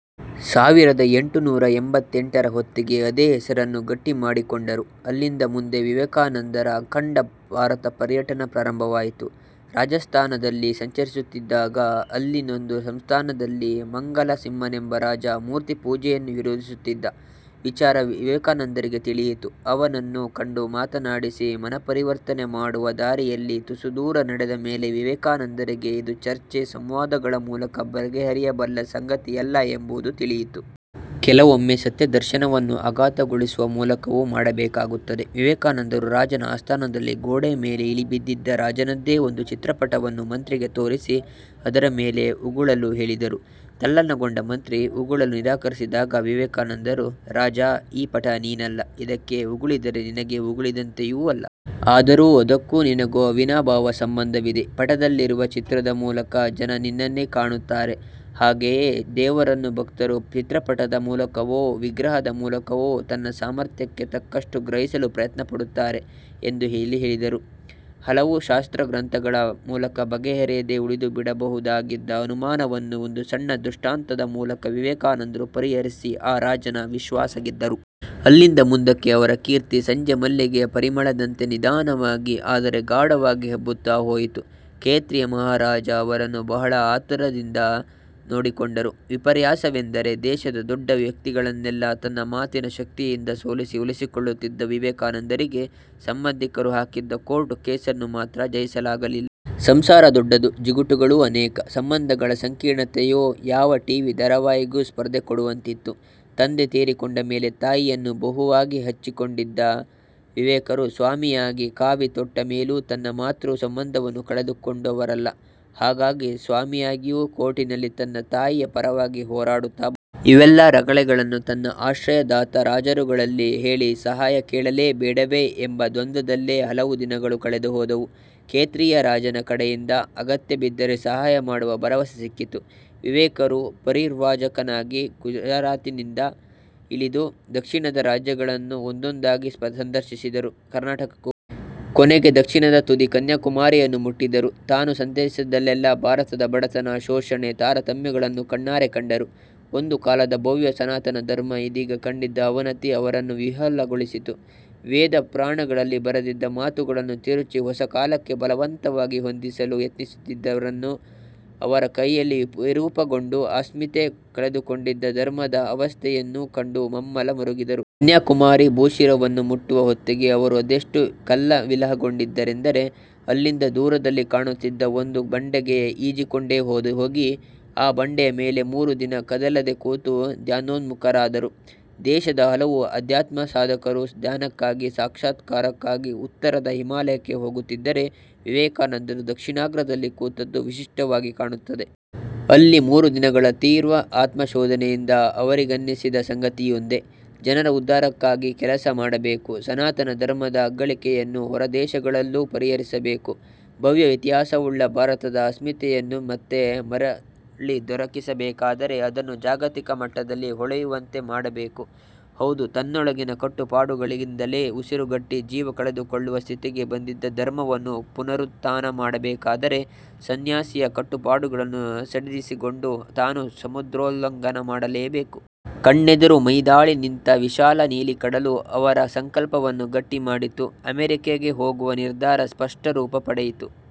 ಸಾವಿರದ ಎಂಟುನೂರ ಎಂಬತ್ತೆಂಟರ ಹೊತ್ತಿಗೆ ಅದೇ ಹೆಸರನ್ನು ಗಟ್ಟಿಮಾಡಿಕೊಂಡರು. ಅಲ್ಲಿಂದ ಮುಂದೆ ವಿವೇಕಾನಂದರ ಅಖಂಡ ಭಾರತ ಪರ್ಯಟನ ಪ್ರಾರಂಭವಾಯಿತು. ರಾಜಸ್ತಾನದಲ್ಲಿ ಸಂಚರಿಸುತ್ತಿದ್ದಾಗ ಅಲ್ಲಿನೊಂದು ಸಂಸ್ಥಾನದಲ್ಲಿ ಮಂಗಲ ಸಿಂಹನೆಂಬ ರಾಜ ಮೂರ್ತಿಪೂಜೆಯನ್ನು ವಿರೋಧಿಸುತ್ತಿದ್ದ ವಿಚಾರ ವಿವೇಕಾನಂದರಿಗೆ ತಿಳಿಯಿತು. ಅವನನ್ನು ಕಂಡು ಮಾತಾಡಿಸಿ ಮನಃಪರಿವರ್ತನೆ ಮಾಡುವ ದಾರಿಯಲ್ಲಿ ತುಸುದೂರ ನಡೆದ ಮೇಲೆ ವಿವೇಕಾನಂದರಿಗೆ ಇದು ಚರ್ಚೆ-ಸಂವಾದಗಳ ಮೂಲಕ ಬಗೆಹರಿಯಬಲ್ಲ ಸಂಗತಿಯಲ್ಲ ಎಂಬುದು ತಿಳಿಯಿತು. ಕೆಲವೊಮ್ಮೆ ಸತ್ಯದರ್ಶನವನ್ನು ಆಘಾತಗೊಳಿಸುವ ಮೂಲಕವೂ ಮಾಡಬೇಕಾಗುತ್ತದೆ. ವಿವೇಕಾನಂದರು ರಾಜನ ಆಸ್ಥಾನದಲ್ಲಿ ಗೋಡೆಯ ಮೇಲೆ ಇಳಿಬಿದ್ದಿದ್ದ ರಾಜನದ್ದೇ ಒಂದು ಚಿತ್ರಪಟವನ್ನು ಮಂತ್ರಿಗೆ ತೋರಿಸಿ ಅದರ ಮೇಲೆ ಉಗುಳಲು ಹೇಳಿದರು. ತಲ್ಲಣಗೊಂಡ ಮಂತ್ರಿ ಉಗುಳಲು ನಿರಾಕರಿಸಿದಾಗ ವಿವೇಕಾನಂದರು "ರಾಜ, ಈ ಪಟ ನೀನಲ್ಲ. ಇದಕ್ಕೆ ಉಗುಳಿದರೆ ನಿನಗೆ ಉಗುಳಿದಂತೆಯೂ ಅಲ್ಲ. ಆದರೂ ಅದಕ್ಕೂ ನಿನಗೂ ಅವಿನಾಭಾವ ಸಂಬಂಧವಿದೆ. ಪಟದಲ್ಲಿರುವ ಚಿತ್ರದ ಮೂಲಕ ಜನ ನಿನ್ನನ್ನೇ ಕಾಣುತ್ತಾರೆ. ಹಾಗೆಯೇ, ದೇವರನ್ನು ಭಕ್ತರು ಚಿತ್ರಪಟದ ಮೂಲಕವೋ ವಿಗ್ರಹದ ಮೂಲಕವೋ ತಮ್ಮ ಸಾಮರ್ಥ್ಯಕ್ಕೆ ತಕ್ಕಷ್ಟು ಗ್ರಹಿಸಲು ಪ್ರಯತ್ನಪಡುತ್ತಾರೆ. " ಎಂದು ತಿಳಿಹೇಳಿದರು. ಹಲವು ಶಾಸ್ತ್ರಗ್ರಂಥಗಳ ಮೂಲಕ ಬಗೆಹರಿಯದೆ ಉಳಿದುಬಿಡಬಹುದಾಗಿದ್ದ ಅನುಮಾನವನ್ನು ಒಂದು ಸಣ್ಣ ದೃಷ್ಟಾಂತದ ಮೂಲಕ ವಿವೇಕಾನಂದರು ಪರಿಹರಿಸಿ ಆ ರಾಜನ ವಿಶ್ವಾಸ ಗೆದ್ದರು. ಅಲ್ಲಿಂದ ಮುಂದಕ್ಕೆ ಅವರ ಕೀರ್ತಿ ಸಂಜೆಮಲ್ಲಿಗೆಯ ಪರಿಮಳದಂತೆ ನಿಧಾನವಾಗಿ ಆದರೆ ಗಾಢವಾಗಿ ಹಬ್ಬುತ್ತಾ ಹೋಯಿತು. ಖೇತ್ರಿಯ ಮಹಾರಾಜ ಇವರನ್ನು ಬಹಳ ಆದರದಿಂದ ನೋಡಿಕೊಂಡರು. ವಿಪರ್ಯಾಸವೆಂದರೆ ದೇಶದ ದೊಡ್ಡ ವ್ಯಕ್ತಿಗಳನ್ನೆಲ್ಲ ತನ್ನ ಮಾತಿನ ಶಕ್ತಿಯಿಂದ ಸೋಲಿಸಿ ಒಲಿಸಿಕೊಳ್ಳುತ್ತಿದ್ದ ವಿವೇಕಾನಂದರಿಗೆ ಸಂಬಂಧಿಕರು ಹಾಕಿದ್ದ ಕೋರ್ಟು ಕೇಸನ್ನು ಮಾತ್ರ ಜಯಿಸಲಾಗಲಿಲ್ಲ! ಸಂಸಾರ ದೊಡ್ಡದು, ಜಿಗುಟುಗಳೂ ಅನೇಕ. ಸಂಬಂಧಗಳ ಸಂಕೀರ್ಣತೆಯೋ ಯಾವ ಟಿವಿ ಧಾರಾವಾಹಿಗೂ ಸ್ಪರ್ಧೆ ಕೊಡುವಂತಿತ್ತು. ತಂದೆ ತೀರಿಕೊಂಡಮೇಲೆ ತಾಯಿಯನ್ನು ಬಹುವಾಗಿ ಹಚ್ಚಿಕೊಂಡಿದ್ದ ವಿವೇಕರು ಸ್ವಾಮಿಯಾಗಿ ಕಾವಿ ತೊಟ್ಟ ಮೇಲೂ ತನ್ನ ಮಾತೃ ಸಂಬಂಧವನ್ನು ಕಡಿದುಕೊಂಡವರಲ್ಲ. ಹಾಗಾಗಿ ಸ್ವಾಮಿಯಾಗಿಯೂ ಕೋರ್ಟಿನಲ್ಲಿ ತನ್ನ ತಾಯಿಯ ಪರವಾಗಿ ಹೋರಾಡುತ್ತಾ ಬಂದರು. ಇವೆಲ್ಲ ರಗಳೆಗಳನ್ನು ತನ್ನ ಆಶ್ರಯದಾತ ರಾಜರುಗಳಲ್ಲಿ ಹೇಳಿ ಸಹಾಯ ಕೇಳಲೇ ಬೇಡವೇ ಎಂಬ ದ್ವಂದ್ವದಲ್ಲೇ ಹಲವು ದಿನಗಳು ಕಳೆದುಹೋದವು. ಖೇತ್ರಿಯ ರಾಜನ ಕಡೆಯಿಂದ, ಅಗತ್ಯ ಬಿದ್ದರೆ ಸಹಾಯ ಮಾಡುವ ಭರವಸೆ ಸಿಕ್ಕಿತು. ವಿವೇಕರು ಪರಿವ್ರಾಜಕನಾಗಿ ಗುಜರಾತ್ನಿಂದ ಇಳಿದು ದಕ್ಷಿಣದ ರಾಜ್ಯಗಳನ್ನು ಒಂದೊಂದಾಗಿ ಸಂದರ್ಶಿಸಿದರು. ಕರ್ನಾಟಕಕ್ಕೂ. ಕೊನೆಗೆ ದಕ್ಷಿಣದ ತುದಿ ಕನ್ಯಾಕುಮಾರಿಯನ್ನು ಮುಟ್ಟಿದರು. ತಾನು ಸಂಚರಿಸಿದಲ್ಲೆಲ್ಲ ಭಾರತದ ಬಡತನ, ಶೋಷಣೆ, ತಾರತಮ್ಯಗಳನ್ನು ಕಣ್ಣಾರೆ ಕಂಡರು. ಒಂದು ಕಾಲದ ಭವ್ಯ ಸನಾತನ ಧರ್ಮ ಇದೀಗ ಕಂಡಿದ್ದ ಅವನತಿ ಅವರನ್ನು ವಿಹ್ವಲಗೊಳಿಸಿತು. ವೇದ ಪುರಾಣಗಳಲ್ಲಿ ಬರೆದಿದ್ದ ಮಾತುಗಳನ್ನು ತಿರುಚಿ ಹೊಸಕಾಲಕ್ಕೆ ಬಲವಂತವಾಗಿ ಹೊಂದಿಸಲು ಯತ್ನಿಸುತ್ತಿದ್ದವರನ್ನೂ ಅವರ ಕೈಯಲ್ಲಿ ವಿರೂಪಗೊಂಡು ಅಸ್ಮಿತೆ ಕಳೆದುಕೊಂಡಿದ್ದ ಧರ್ಮದ ಅವಸ್ಥೆಯನ್ನೂ ಕಂಡು ಮಮ್ಮಲ ಮರುಗಿದರು. ಕನ್ಯಾಕುಮಾರಿ ಭೂಶಿರವನ್ನು ಮುಟ್ಟುವ ಹೊತ್ತಿಗೆ ಅವರು ಅದೆಷ್ಟು ಕಲ್ಲವಿಲಗೊಂಡಿದ್ದರೆಂದರೆ, ಅಲ್ಲಿಂದ ದೂರದಲ್ಲಿ ಕಾಣುತ್ತಿದ್ದ ಒಂದು ಬಂಡೆಗೆ ಈಜಿಕೊಂಡೇಹೋಗಿ, ಆ ಬಂಡೆಯ ಮೇಲೆ ಮೂರು ದಿನ ಕದಲದೆ ಕೂತು ಧ್ಯಾನೋನ್ಮುಖರಾದರು. ದೇಶದ ಹಲವು ಅಧ್ಯಾತ್ಮಸಾಧಕರು ಧ್ಯಾನಕ್ಕಾಗಿ ಸಾಕ್ಷಾತ್ಕಾರಕ್ಕಾಗಿ ಉತ್ತರದ ಹಿಮಾಲಯಕ್ಕೆ ಹೋಗುತ್ತಿದ್ದರೆ ವಿವೇಕಾನಂದರು ದಕ್ಷಿಣಾಗ್ರದಲ್ಲಿ ಕೂತದ್ದು ವಿಶಿಷ್ಟವಾಗಿ ಕಾಣುತ್ತದೆ. ಅಲ್ಲಿ ಮೂರುದಿನಗಳ ತೀವ್ರ ಆತ್ಮಶೋಧನೆಯಿಂದ ಅವರಿಗನ್ನಿಸಿದ ಸಂಗತಿಯೊಂದೇ – ಜನರ ಉದ್ಧಾರಕ್ಕಾಗಿ ಕೆಲಸ ಮಾಡಬೇಕು. ಸನಾತನ ಧರ್ಮದ ಅಗ್ಗಳಿಕೆಯನ್ನು ಹೊರದೇಶಗಳಲ್ಲೂ ಪಸರಿಸಬೇಕು. ಭವ್ಯ ಇತಿಹಾಸವುಳ್ಳ ಭಾರತದ ಅಸ್ಮಿತೆಯನ್ನು ಮತ್ತೆ ಮರಳಿದೊರಕಿಸಬೇಕಾದರೆ ಅದನ್ನು ಜಾಗತಿಕ ಮಟ್ಟದಲ್ಲಿ ಹೊಳೆಯುವಂತೆ ಮಾಡಬೇಕು. ಹೌದು, ತನ್ನೊಳಗಿನ ಕಟ್ಟುಪಾಡುಗಳಿಂದಲೇ ಉಸಿರುಗಟ್ಟಿ ಜೀವ ಕಳೆದುಕೊಳ್ಳುವ ಸ್ಥಿತಿಗೆ ಬಂದಿದ್ದ ಧರ್ಮವನ್ನು ಪುನರುತ್ಥಾನ ಮಾಡಬೇಕಾದರೆ, ಸಂನ್ಯಾಸಿಯ ಕಟ್ಟುಪಾಡುಗಳನ್ನು ಸಡಿಲಿಸಿಕೊಂಡು ತಾನು ಸಮುದ್ರೋಲ್ಲಂಘನ ಮಾಡಲೇಬೇಕು. ಕಣ್ಣೆದುರು ಮೈದಾಳಿ ನಿಂತ ವಿಶಾಲ ನೀಲಿಕಡಲು ಅವರ ಸಂಕಲ್ಪವನ್ನು ಗಟ್ಟಿ ಮಾಡಿತು. ಅಮೆರಿಕೆಗೆ ಹೋಗುವ ನಿರ್ಧಾರ ಸ್ಪಷ್ಟರೂಪ ಪಡೆಯಿತು.